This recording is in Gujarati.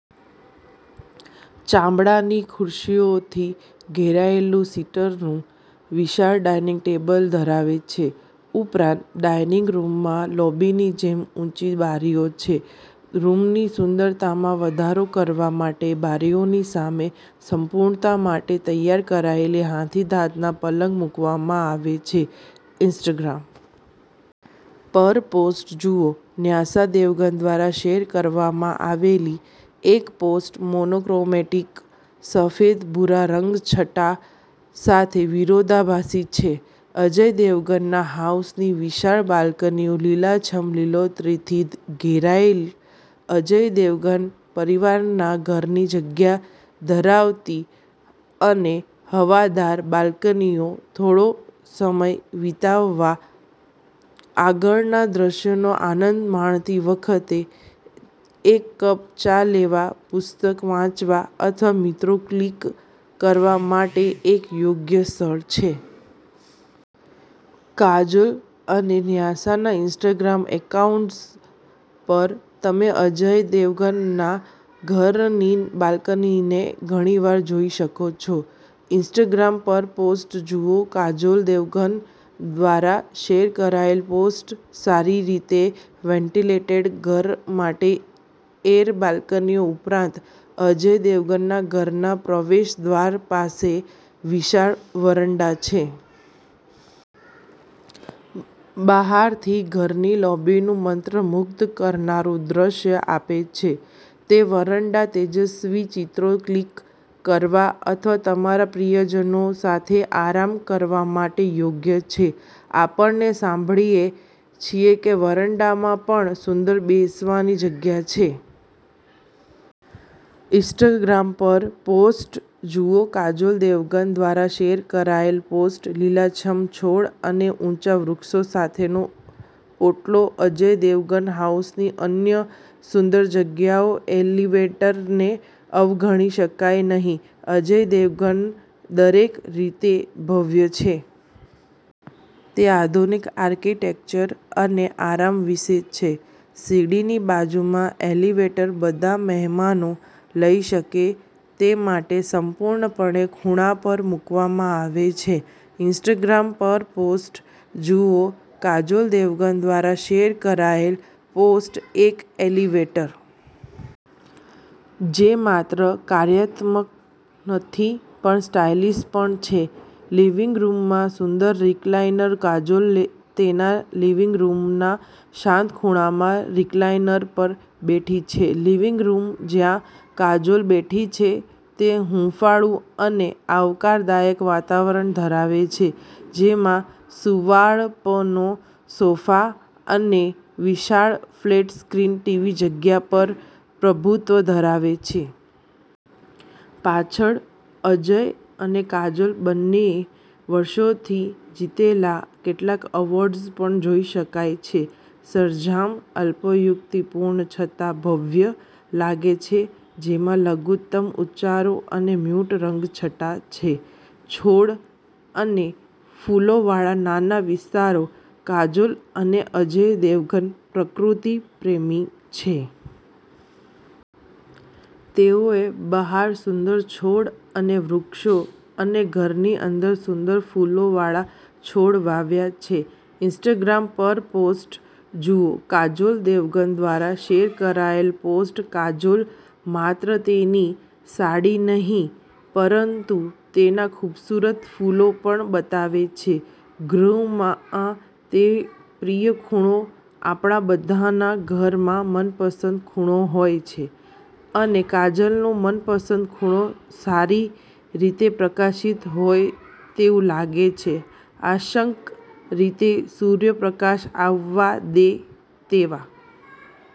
ચામડાની ખુરશીઓથી ઘેરાયેલુંસીટરનું વિશાળ ડાઇનિંગ ટેબલ ધરાવે છે. ઉપરાંત, ડાઇનિંગ રૂમમાં લોબીની જેમ ઊંચી બારીઓ છે. રૂમની સુંદરતામાં વધારો કરવા માટે બારીઓની સામે, સંપૂર્ણતા માટે તૈયાર કરાયેલ હાથીદાંતના પલંગ મૂકવામાં આવે છે. ઇન્સ્ટાગ્રામ પરપોસ્ટ જુઓ ન્યાસા દેવગન દ્વારા શેર કરવામાં આવેલી એક પોસ્ટ મોનોક્રોમેટિક સફેદ ભૂરા રંગછટા સાથે વિરોધાભાસી છે અજય દેવગન હાઉસની વિશાળ બાલ્કનીઓ લીલીછમ લીલોતરીથી ઘેરાયેલ, અજય દેવગન પરિવારના ઘરની જગ્યા ધરાવતી અને હવાદાર બાલ્કનીઓ થોડો સમય વિતાવવા, આગળના દૃશ્યનો આનંદ માણતી વખતે એક કપ ચા લેવા, પુસ્તક વાંચવા અથવા ચિત્રો ક્લિક કરવા માટે એક યોગ્ય સ્થળ છે. કાજોલ અને ન્યાસાના ઇન્સ્ટાગ્રામ એકાઉન્ટ્સ પર તમે અજય દેવગનના ઘરનીબાલ્કનીને ઘણીવાર જોઈ શકો છો. ઇન્સ્ટાગ્રામ પરપોસ્ટ જુઓ કાજોલ દેવગન દ્વારા શેર કરાયેલ પોસ્ટ સારી રીતે વેન્ટિલેટેડ ઘર માટે એર બાલ્કનીઓ ઉપરાંત, અજય દેવગનના ઘરના પ્રવેશદ્વાર પાસે વિશાળ વરંડા છે. બહારથી ઘરની લોબીનું મંત્રમુગ્ધ કરનારું દૃશ્ય આપે છે તે વરંડા તેજસ્વી ચિત્રો ક્લિક કરવા અથવા તમારા પ્રિયજનો સાથે આરામ કરવા માટે યોગ્ય છે. આપણે સાંભળીએ છીએ કે વરંડામાં પણ સુંદર બેસવાની જગ્યા છે. ઇન્સ્ટાગ્રામ પર પોસ્ટ જુઓ કાજોલ દેવગન દ્વારા શેર કરાયેલ પોસ્ટ લીલાછમ છોડ અને ઊંચા વૃક્ષો સાથેનો ઓટલો અજય દેવગન હાઉસની અન્ય સુંદર જગ્યાઓ એલિવેટરને અવગણી શકાય નહીં અજય દેવગન દરેક રીતે ભવ્ય છે. તે આધુનિક આર્કિટેક્ચર અને આરામ વિશે છે. સીડીની બાજુમાં એલિવેટર બધા મહેમાનો લઈ શકે તે માટે સંપૂર્ણપણે ખૂણા પર મૂકવામાં આવે છે. ઇન્સ્ટાગ્રામ પરપોસ્ટ જુઓ કાજોલ દેવગન દ્વારા શેર કરાયેલ પોસ્ટ એક એલિવેટર જે માત્ર કાર્યાત્મક નથી પણ સ્ટાઇલિશ પણ છે લિવિંગ રૂમમાં સુંદર રેક્લાઇનર કાજોલ તેના લિવિંગ રૂમના શાંત ખૂણામાં રિક્લાઇનર પર બેઠી છે લિવિંગ રૂમ જ્યાં કાજોલ બેઠી છે તે હૂંફાળું અને આવકારદાયક વાતાવરણ ધરાવે છે, જેમાં સુંવાળપનો સોફા અને વિશાળ ફ્લેટ-સ્ક્રીન ટીવી જગ્યા પર પ્રભુત્વ ધરાવે છે. પાછળ, અજય અને કાજોલ બંનેએ વર્ષોથી જીતેલા કેટલાક એવોર્ડ્સ પણ જોઈ શકાય છે. સરંજામ અલ્પોક્તિપૂર્ણ છતાં ભવ્ય લાગે છે, જેમાં લઘુત્તમ ઉચ્ચારો અને મ્યૂટ રંગછટા છે. છોડ અને ફૂલોવાળા નાના વિસ્તારો કાજોલ અને અજય દેવગન પ્રકૃતિ પ્રેમી છે. તેઓએ બહાર સુંદર છોડ અને વૃક્ષો અને ઘરની અંદર સુંદર ફૂલોવાળા છોડ વાવ્યા છે. ઇન્સ્ટાગ્રામ પરપોસ્ટ જુઓ કાજોલ દેવગન દ્વારા શેર કરાયેલ પોસ્ટ કાજોલ માત્ર તેની સાડીનહીં પરંતુ તેના ખૂબસૂરત ફૂલો પણ બતાવે છે ગૃહમાં તે પ્રિય ખૂણો આપણા બધાના ઘરમાં મનપસંદ ખૂણા હોય છે, અને કાજોલનો મનપસંદ ખૂણો સારી રીતે પ્રકાશિત હોય તેવું લાગે છે. આંશિક રીતે સૂર્યપ્રકાશ આવવા દે તેવા